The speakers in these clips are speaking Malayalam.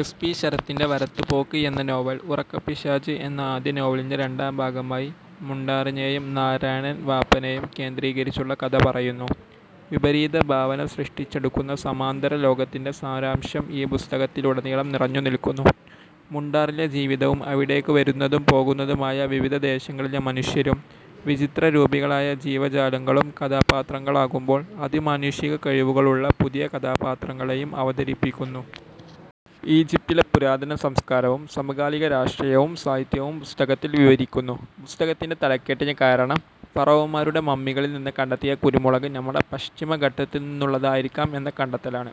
എസ്. പി. ശരത്തിന്റെ 'വരത്തുപോക്ക്' എന്ന നോവൽ, 'ഉറക്കപ്പിശാച്' എന്ന ആദ്യ നോവലിന്റെ രണ്ടാം ഭാഗമായി, മുണ്ടാറിനെയും നാരായണൻ വാപ്പനെയും കേന്ദ്രീകരിച്ചുള്ള കഥ പറയുന്നു. വിപരീത ഭാവന സൃഷ്ടിച്ചെടുക്കുന്ന സമാന്തര ലോകത്തിന്റെ സാരാംശം ഈ പുസ്തകത്തിലുടനീളം നിറഞ്ഞുനിൽക്കുന്നു. മുണ്ടാറിലെ ജീവിതവും അവിടേക്ക് വരുന്നതും പോകുന്നതുമായ വിവിധ ദേശങ്ങളിലെ മനുഷ്യരും, വിചിത്ര രൂപികളായ ജീവജാലങ്ങളും കഥാപാത്രങ്ങളാകുമ്പോൾ, അതിമാനുഷിക കഴിവുകളുള്ള പുതിയ കഥാപാത്രങ്ങളെയും അവതരിപ്പിക്കുന്നു. ഈജിപ്തിലെ പുരാതന സംസ്കാരവും സമകാലിക രാഷ്ട്രീയവും സാഹിത്യവും പുസ്തകത്തിൽ വിവരിക്കുന്നു. പുസ്തകത്തിന്റെ തലക്കെട്ടിന് കാരണം, ഫറോവമാരുടെ മമ്മികളിൽ നിന്ന് കണ്ടെത്തിയ കുരുമുളക്, നമ്മുടെ പശ്ചിമഘട്ടത്തിൽ നിന്നുള്ളതായിരിക്കാം എന്ന കണ്ടെത്തലാണ്.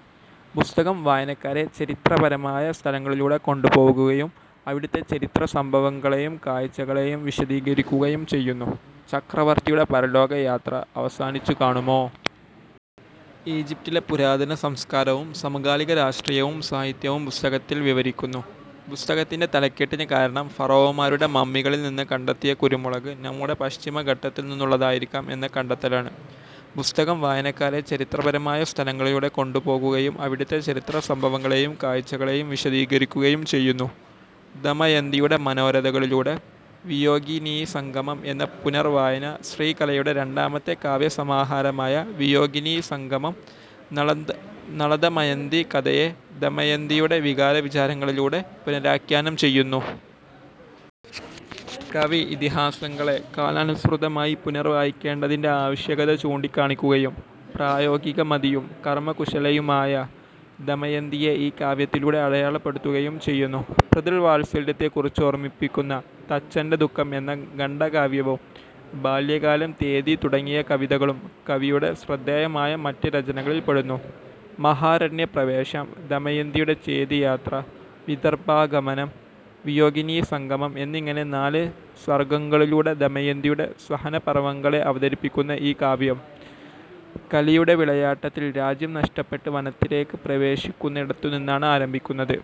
പുസ്തകം വായനക്കാരെ ചരിത്രപരമായ സ്ഥലങ്ങളിലൂടെ കൊണ്ടുപോകുകയും അവിടുത്തെ ചരിത്ര സംഭവങ്ങളെയും കാഴ്ചകളെയും വിശദീകരിക്കുകയും ചെയ്യുന്നു. ചക്രവർത്തിയുടെ പരലോകയാത്ര അവസാനിച്ചു കാണുമോ? ഈജിപ്തിലെ പുരാതന സംസ്കാരവും സമകാലിക രാഷ്ട്രീയവും സാഹിത്യവും പുസ്തകത്തിൽ വിവരിക്കുന്നു. പുസ്തകത്തിന്റെ തലക്കെട്ടിന് കാരണം, ഫറോവമാരുടെ മമ്മികളിൽ നിന്ന് കണ്ടെത്തിയ കുരുമുളക്, നമ്മുടെ പശ്ചിമഘട്ടത്തിൽ നിന്നുള്ളതായിരിക്കാം എന്ന കണ്ടെത്തലാണ്. പുസ്തകം വായനക്കാരെ ചരിത്രപരമായ സ്ഥലങ്ങളിലൂടെ കൊണ്ടുപോകുകയും അവിടുത്തെ ചരിത്ര സംഭവങ്ങളെയും കാഴ്ചകളെയും വിശദീകരിക്കുകയും ചെയ്യുന്നു. ദമയന്തിയുടെ മനോരഥങ്ങളിലൂടെ; വിയോഗിനീസംഗമം എന്ന പുനർവായന ശ്രീകലയുടെ രണ്ടാമത്തെ കാവ്യസമാഹാരമായ വിയോഗിനീസംഗമം, നളദമയന്തി കഥയെ ദമയന്തിയുടെ വികാരവിചാരങ്ങളിലൂടെ പുനരാഖ്യാനം ചെയ്യുന്നു. കവി, ഇതിഹാസങ്ങളെ കാലാനുസൃതമായി പുനർവായിക്കേണ്ടതിൻ്റെ ആവശ്യകത ചൂണ്ടിക്കാണിക്കുകയും, പ്രായോഗികമതിയും കർമ്മകുശലയുമായ ദമയന്തിയെ ഈ കാവ്യത്തിലൂടെ അടയാളപ്പെടുത്തുകയും ചെയ്യുന്നു. പിതൃവാത്സല്യത്തെക്കുറിച്ചോർമ്മിപ്പിക്കുന്ന 'തച്ചന്റെ ദുഃഖം' എന്ന ഖണ്ഡകാവ്യവും, 'ബാല്യകാലം', 'തേതി' തുടങ്ങിയ കവിതകളും കവിയുടെ ശ്രദ്ദേയമായ മറ്റ് രചനകളിൽപ്പെടുന്നു. മഹാരണ്യപ്രവേശം, ദമയന്തിയുടെ ചേദിയാത്ര, വിദർഭാഗമനം, വിയോഗിനീസംഗമം എന്നിങ്ങനെ നാല് സർഗ്ഗങ്ങളിലൂടെ ദമയന്തിയുടെ സഹനപർവ്വങ്ങളെ അവതരിപ്പിക്കുന്ന ഈ കാവ്യം, കലിയുടെ വിളയാട്ടത്തിൽ രാജ്യം നഷ്ടപ്പെട്ട് വനത്തിലേക്ക് പ്രവേശിക്കുന്നിടത്തുനിന്നാണ് ആരംഭിക്കുന്നത്.